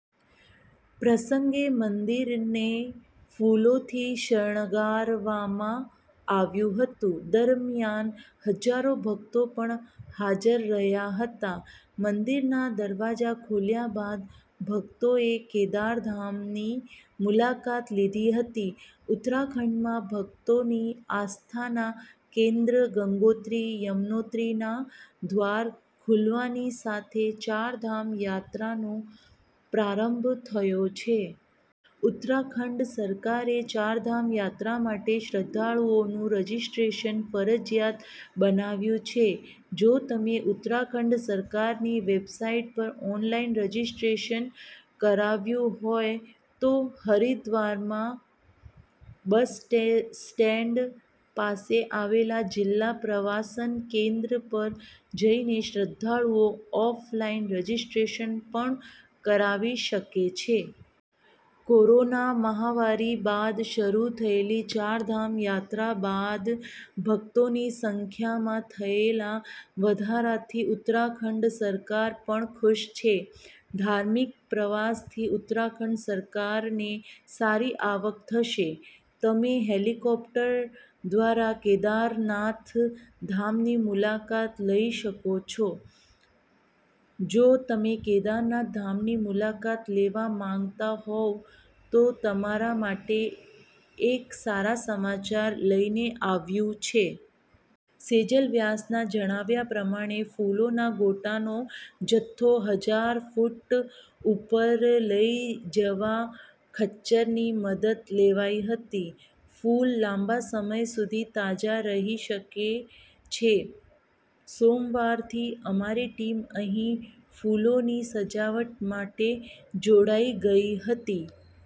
પ્રસંગે મંદિરને ફૂલોથી શણગારવામાં આવ્યું હતું. દરમિયાન હજારો ભક્તો પણ હાજર રહ્યા હતા. મંદિરના દરવાજા ખોલ્યા બાદ ભક્તોએ કેદાર ધામની મુલાકાત લીધી હતી. ઉત્તરાખંડમાં ભક્તોની આસ્થાના કેન્દ્ર ગંગોત્રી, યમુનોત્રીના દ્વાર ખુલવાની સાથે ચારધામ યાત્રાનો પ્રારંભ થયો છે. ઉત્તરાખંડ સરકારે ચારધામ યાત્રા માટે શ્રદ્ધાળુઓનું રજીસ્ટ્રેશન ફરજિયાત બનાવ્યું છે. જો તમે ઉત્તરાખંડ સરકારની વેબસાઈટ પર ઓનલાઈન રજીસ્ટ્રેશનકરાવ્યું હોય તો હરિદ્વારમાં બસ સ્ટેન્ડ પાસે આવેલા જિલ્લા પ્રવાસન કેન્દ્ર પર જઈને શ્રદ્ધાળુઓ ઓફલાઈન રજીસ્ટ્રેશન પણ કરાવી શકે છે. કોરોના મહામારી બાદ શરૂ થયેલી ચારધામ યાત્રા બાદ ભક્તોની સંખ્યામાં થયેલા વધારાથી ઉત્તરાખંડ સરકાર પણ ખુશ છે. ધાર્મિક પ્રવાસથી ઉત્તરાખંડ સરકારને સારી આવક થશે. તમે હેલિકોપ્ટર દ્વારા કેદારનાથ ધામની મુલાકાત લઈ શકો છો જો તમે કેદારનાથ ધામની મુલાકાત લેવા માંગતા હોવ તો તમારા માટે એક સારા સમાચાર લઈને આવ્યું છે. સેજલ વ્યાસના જણાવ્યા પ્રમાણે, ફુલોના ગોટાનો જથ્થો હજાર ફૂટ ઉપર લઈ જવા ખચ્ચરની મદદ લેવાઈ હતી. ફુલ લાંબા સમય સુધી તાજા રહી શકે છે. સોમવારથીઅમારી ટીમ અહીં ફુલોની સજાવટ માટે જોડાઈ ગઈ હતી.